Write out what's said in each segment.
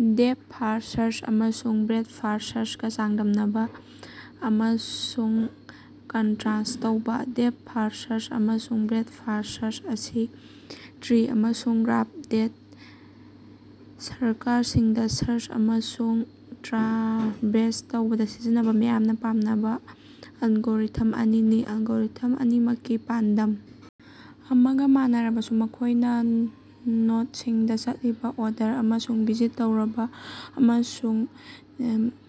Depth-first search ꯑꯃꯁꯨꯡ breadth first search ꯒ ꯆꯥꯡꯗꯝꯅꯕ ꯑꯃꯁꯨꯡ ꯀꯟꯠꯔꯁ꯭ꯠ ꯇꯧꯕ꯫ ꯗꯦꯄꯊ-ꯐꯥꯔꯁ꯭ꯠ ꯁꯥꯔꯆ ꯑꯃꯁꯨꯡ ꯕ꯭ꯔꯦꯗ-ꯐꯥꯔꯁ꯭ꯠ ꯁꯔꯆ ꯑꯁꯤ ꯇ꯭ꯔꯤ ꯑꯃꯁꯨꯡ ꯒ꯭ꯔꯥꯐ ꯗꯦꯇ ꯁ꯭ꯠꯔꯀꯆꯔꯁꯤꯡꯗ ꯁꯥꯔꯆ ꯑꯃꯁꯨꯡ ꯇ꯭ꯔꯥꯚꯦꯔꯁ ꯇꯧꯕꯗ ꯁꯤꯖꯤꯟꯅꯕ ꯃꯤꯌꯥꯝꯅ ꯄꯥꯝꯅꯕ ꯑꯦꯂꯒꯣꯔꯤꯊꯝ ꯑꯅꯤꯅꯤ꯫ ꯑꯦꯂꯒꯣꯔꯤꯊꯝ ꯑꯅꯤꯃꯛꯀꯤ ꯄꯥꯟꯗꯝ ꯑꯃꯒ ꯃꯥꯟꯅꯔꯕꯁꯨ ꯃꯈꯣꯏꯅ ꯅꯣꯗꯁꯤꯡꯗ ꯆꯠꯂꯤꯕ ꯑꯣꯔꯗꯔ ꯑꯃꯁꯨꯡ ꯚꯤꯖꯤꯠ ꯇꯧꯔꯕ ꯑꯃꯁꯨꯡ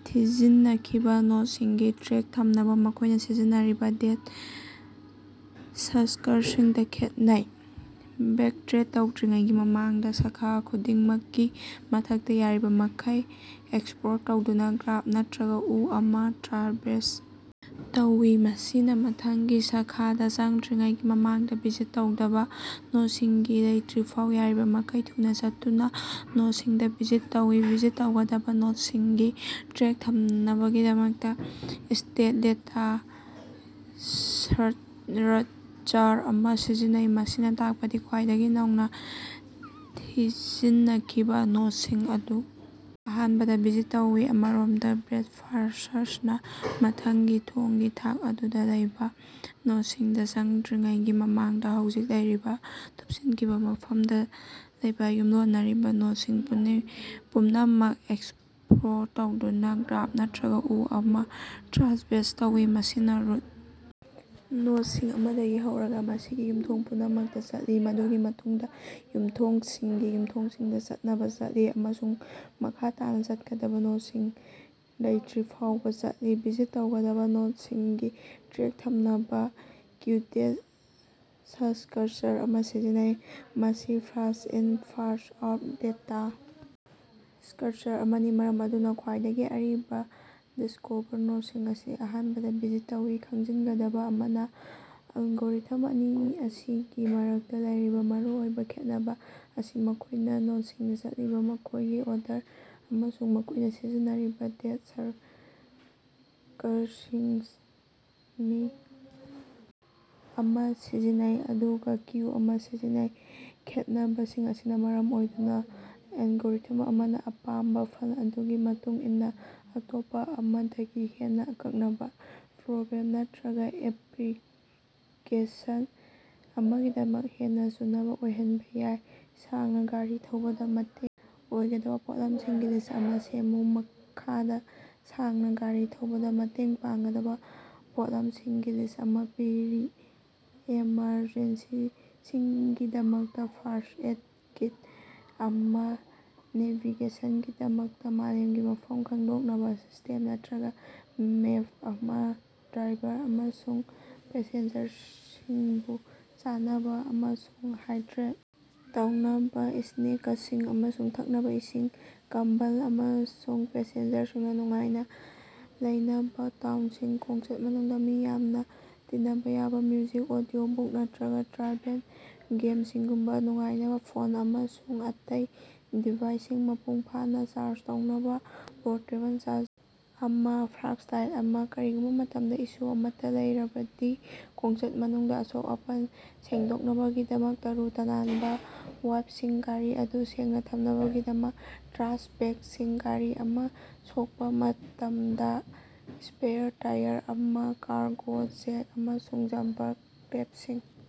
ꯊꯤꯖꯤꯅꯈꯤꯕ ꯅꯣꯗꯁꯤꯡꯒꯤ ꯇ꯭ꯔꯦꯛ ꯊꯝꯅꯕ ꯃꯈꯣꯏꯅ ꯁꯤꯖꯤꯟꯅꯔꯤꯕ ꯗꯦꯇ ꯁ꯭ꯠꯔꯀꯆꯔꯁꯤꯡꯗ ꯈꯦꯠꯅꯩ꯫ ꯕꯦꯛꯇꯔꯦꯛ ꯇꯧꯗ꯭ꯔꯤꯉꯩꯒꯤ ꯃꯃꯥꯡꯗ ꯁꯥꯈꯥ ꯈꯨꯗꯤꯡꯃꯛꯀꯤ ꯃꯊꯛꯇ ꯌꯥꯔꯤꯕꯃꯈꯩ ꯑꯦꯛꯁꯞꯂꯣꯔ ꯇꯧꯗꯨꯅ ꯒ꯭ꯔꯥꯐ ꯅꯠꯇꯔꯒ ꯎ ꯑꯃ ꯇ꯭ꯔꯥꯚꯦꯁ ꯇꯧꯏ꯫ ꯃꯁꯤꯅ ꯃꯊꯪꯒꯤ ꯁꯥꯈꯗ ꯆꯪꯗ꯭ꯔꯤꯉꯩꯒꯤ ꯃꯃꯥꯡꯗ ꯚꯤꯖꯤꯠ ꯇꯧꯗꯕ ꯅꯣꯗꯁꯤꯡ ꯂꯩꯇꯔꯤꯐꯥꯎꯕ ꯌꯥꯔꯤꯕꯃꯈꯩ ꯊꯨꯅ ꯆꯠꯇꯨꯅ ꯅꯣꯗꯁꯤꯡꯗ ꯚꯤꯖꯤꯠ ꯇꯧꯏ꯫ ꯚꯤꯖꯤꯠ ꯇꯧꯒꯗꯕ ꯅꯣꯗꯁꯤꯡꯒꯤ ꯇ꯭ꯔꯦꯛ ꯊꯝꯅꯕꯒꯤꯗꯃꯛ ꯁ꯭ꯇꯦꯛ ꯗꯦꯇꯥ ꯁ꯭ꯠꯔꯛꯆꯔ ꯑꯃ ꯁꯤꯖꯤꯟꯅꯩ꯫ ꯃꯁꯤꯅ ꯇꯥꯛꯄꯗꯤ ꯈ꯭ꯋꯥꯏꯗꯒꯤ ꯅꯧꯅ ꯊꯤꯖꯤꯅꯈꯤꯕ ꯅꯣꯗꯁꯤꯡ ꯑꯗꯨ ꯑꯍꯥꯟꯕꯗ ꯚꯤꯖꯤꯠ ꯇꯧꯏ꯫ ꯑꯃꯔꯣꯝꯗ ꯕ꯭ꯔꯦꯗ-ꯐꯥꯔꯁ꯭ꯠ ꯁꯔꯆ ꯅꯥ ꯃꯊꯪꯒꯤ ꯊꯣꯡꯒꯤ ꯊꯥꯛ ꯑꯗꯨꯗ ꯂꯩꯕꯥ ꯅꯣꯗꯁꯤꯡꯗ ꯆꯪꯗ꯭ꯔꯤꯉꯩꯒꯤ ꯃꯃꯥꯡꯗ ꯍꯧꯖꯤꯛ ꯂꯩꯔꯤꯕ ꯊꯨꯞꯆꯤꯟꯕ ꯃꯐꯝꯗ ꯂꯩꯕ ꯌꯨꯝꯂꯣꯟꯅꯔꯤꯕ ꯅꯣꯗ ꯄꯨꯝꯅꯃꯛ ꯑꯦꯛꯁꯞꯂꯣꯔ ꯇꯧꯗꯨꯅ ꯒ꯭ꯔꯥꯐ ꯅꯠꯇꯔꯒ ꯎ ꯑꯃ ꯇ꯭ꯔꯥꯚꯦꯁ ꯇꯧꯏ꯫ ꯃꯁꯤꯅ ꯔꯨꯠ ꯅꯣꯗꯁꯤꯡ ꯑꯃꯗꯒꯤ ꯍꯧꯔꯒ ꯃꯁꯤꯒꯤ ꯌꯨꯝꯊꯣꯡ ꯄꯨꯝꯅꯃꯛꯇ ꯆꯠꯂꯤ꯫ꯃꯗꯨꯒꯤ ꯃꯇꯨꯡꯗ ꯌꯨꯝꯊꯣꯡꯁꯤꯡꯒꯤ ꯌꯨꯝꯊꯣꯡꯁꯤꯡꯗ ꯆꯠꯅꯕ ꯆꯠꯂꯤ ꯑꯃꯁꯨꯡ ꯃꯈꯥ ꯇꯥꯅ ꯆꯠꯀꯗꯕ ꯅꯣꯗꯁꯤꯡ ꯂꯩꯠꯔꯤꯐꯥꯎꯕ ꯆꯠꯂꯤ꯫ ꯚꯤꯖꯤꯠ ꯇꯧꯒꯗꯕ ꯅꯣꯗꯁꯤꯡꯒꯤ ꯇ꯭ꯔꯦꯛ ꯊꯝꯅꯕ ꯀ꯭ꯌꯨ ꯗꯦꯇ ꯁ꯭ꯠꯔꯀꯆꯔ ꯑꯃ ꯁꯤꯖꯤꯟꯅꯩ꯫ ꯃꯁꯤ ꯐꯥꯔꯁ꯭ꯠ-ꯏꯟ ꯐꯥꯔꯁ꯭ꯠ-ꯑꯥꯎꯠ ꯗꯦꯇꯥ ꯁ꯭ꯠꯔꯀꯆꯔ ꯑꯃꯅꯤ ꯃꯔꯝ ꯑꯗꯨꯅ ꯈ꯭ꯋꯥꯏꯗꯒꯤ ꯑꯔꯤꯕꯥ ꯗꯤꯁ꯭ꯀꯣꯚꯔ ꯅꯣꯗꯁꯤꯡ ꯑꯁꯤ ꯑꯍꯥꯟꯕꯗ ꯚꯤꯖꯤꯠ ꯇꯧꯏ꯫ ꯈꯪꯖꯤꯟꯒꯗꯕ ꯑꯃꯅ ꯑꯦꯂꯒꯣꯔꯤꯊꯝ ꯑꯅꯤ ꯑꯁꯤꯒꯤ ꯃꯔꯛꯇ ꯂꯩꯔꯤꯕ ꯃꯔꯨꯑꯣꯏꯕ ꯈꯦꯠꯅꯕ ꯑꯁꯤ ꯃꯈꯣꯏꯅ ꯅꯣꯗꯁꯤꯡꯗ ꯆꯠꯂꯤꯕ ꯃꯈꯣꯏꯒꯤ ꯑꯣꯔꯗꯔ ꯑꯃꯁꯨꯡ ꯃꯈꯣꯏꯅ ꯁꯤꯖꯤꯟꯅꯔꯤꯕ ꯗꯦꯇ ꯁ꯭ꯠꯔꯀꯆꯔꯁꯤꯡꯅꯤ꯫ ꯁ꯭ꯇꯦꯛ ꯑꯃ ꯁꯤꯖꯤꯟꯅꯩ ꯑꯗꯨꯒ ꯀ꯭ꯌꯨ ꯑꯃ ꯁꯤꯖꯤꯟꯅꯩ꯫ ꯈꯦꯠꯅꯕꯁꯤꯡ ꯑꯁꯤꯅ ꯃꯔꯝ ꯑꯣꯏꯗꯨꯅ ꯑꯦꯂꯒꯣꯔꯤꯊꯝ ꯑꯃꯅ ꯑꯄꯥꯝꯕ ꯐꯜ ꯑꯗꯨꯒꯤ ꯃꯇꯨꯡ ꯏꯟꯅ ꯑꯇꯣꯞꯄ ꯑꯃꯗꯒꯤ ꯍꯦꯟꯅ ꯑꯀꯛꯅꯕ ꯄ꯭ꯔꯣꯕ꯭ꯂꯦꯝ ꯅꯠꯇꯔꯒ ꯑꯦꯞꯂꯤꯀꯦꯁꯟ ꯑꯃꯒꯤꯗꯃꯛ ꯍꯦꯟꯅ ꯆꯨꯅꯕ ꯑꯣꯏꯍꯟꯕ ꯌꯥꯏ꯫ ꯁꯥꯡꯅ ꯒꯥꯔꯤ ꯊꯧꯕꯗ ꯃꯇꯦꯡ ꯑꯣꯏꯒꯗꯕ ꯄꯣꯠꯂꯝꯁꯤꯡꯒꯤ ꯂꯤꯁ꯭ꯠ ꯑꯃ ꯁꯦꯝꯃꯨ꯫ ꯃꯈꯥꯗ ꯁꯥꯡꯅ ꯒꯥꯔꯤ ꯊꯧꯕꯗ ꯃꯇꯦꯡ ꯄꯥꯡꯒꯗꯕ ꯄꯣꯠꯂꯝꯁꯤꯡꯒꯤ ꯂꯤꯁ꯭ꯠ ꯑꯃ ꯄꯤꯔꯤ ꯑꯦꯃꯔꯖꯦꯟꯁꯤꯁꯤꯡꯒꯤꯗꯃꯛꯇ ꯐꯥꯔꯁ꯭ꯠ ꯑꯦꯏꯗ ꯀꯤꯠ ꯑꯃ ꯅꯦꯚꯤꯒꯦꯁꯟꯒꯤꯗꯃꯛꯇ ꯃꯥꯂꯦꯝꯒꯤ ꯃꯐꯝ-ꯈꯪꯗꯣꯛꯅꯕ ꯁꯤꯁ꯭ꯇꯦꯝ ꯅꯠꯇꯔꯒ ꯃꯦꯞ ꯑꯃ ꯗ꯭ꯔꯥꯏꯚꯔ ꯑꯃꯁꯨꯡ ꯄꯦꯁꯦꯟꯖꯔꯁꯤꯡꯕꯨ ꯆꯥꯅꯕ ꯑꯃꯁꯨꯡ ꯍꯥꯏꯗ꯭ꯔꯦꯠ ꯇꯧꯅꯕ ꯁ꯭ꯅꯦꯀꯁꯤꯡ ꯑꯃꯁꯨꯡ ꯊꯛꯅꯕ ꯏꯁꯤꯡ ꯀꯝꯕꯜ ꯑꯃꯁꯨꯡꯄꯦꯁꯦꯟꯖꯔꯁꯤꯡꯅ ꯅꯨꯡꯉꯥꯏꯅ ꯂꯩꯅꯕ ꯇꯥꯎꯅꯁꯤꯡ ꯈꯣꯡꯆꯠ ꯃꯅꯨꯡꯗ ꯃꯤ ꯌꯥꯝꯅ ꯇꯤꯅꯕ ꯌꯥꯕ ꯃ꯭ꯌꯨꯖꯤꯛ, ꯑꯣꯗꯤꯑꯣ ꯕꯨꯛ ꯅꯠꯇꯔꯒ ꯇ꯭ꯔꯥꯚꯦꯜ ꯒꯦꯝꯁꯤꯡꯒꯨꯝꯕ ꯅꯨꯡꯉꯥꯏꯕ ꯐꯣꯟ ꯑꯃꯁꯨꯡ ꯑꯇꯩ ꯗꯤꯚꯥꯏꯁꯁꯤꯡ ꯃꯄꯨꯡ ꯐꯥꯅ ꯆꯥꯔꯖ ꯇꯧꯅꯕ ꯄꯣꯔꯇꯦꯕꯜ ꯆꯥꯔꯖꯔ ꯑꯃ ꯐ꯭ꯂꯥꯁꯂꯥꯏꯠ ꯑꯃ ꯀꯔꯤꯒꯨꯝꯕ ꯃꯇꯝꯗ ꯏꯁꯨ ꯑꯃꯠꯇ ꯂꯩꯔꯕꯗꯤ꯫ ꯈꯣꯡꯆꯠ ꯃꯅꯨꯡꯗ ꯑꯁꯣꯛ-ꯑꯄꯟ ꯁꯦꯡꯗꯣꯛꯅꯕꯒꯤꯗꯃꯛ ꯇꯔꯨ-ꯇꯅꯥꯟꯕ ꯋꯥꯏꯄꯁꯤꯡ ꯒꯥꯔꯤ ꯑꯗꯨ ꯁꯦꯡꯅ ꯊꯝꯅꯕꯒꯤꯗꯃꯛ ꯇ꯭ꯔꯥꯁ ꯕꯦꯒꯁꯤꯡ ꯒꯥꯔꯤ ꯑꯃ ꯁꯣꯛꯄ ꯃꯇꯝꯗ ꯁ꯭ꯄꯦꯌꯥꯔ ꯇꯌꯥꯔ ꯑꯃ ꯀꯥꯔꯒꯣ ꯖꯦꯛ ꯑꯃꯁꯨꯡ ꯖꯝꯄꯥꯔ ꯀꯦꯕꯂꯁꯤꯡ꯫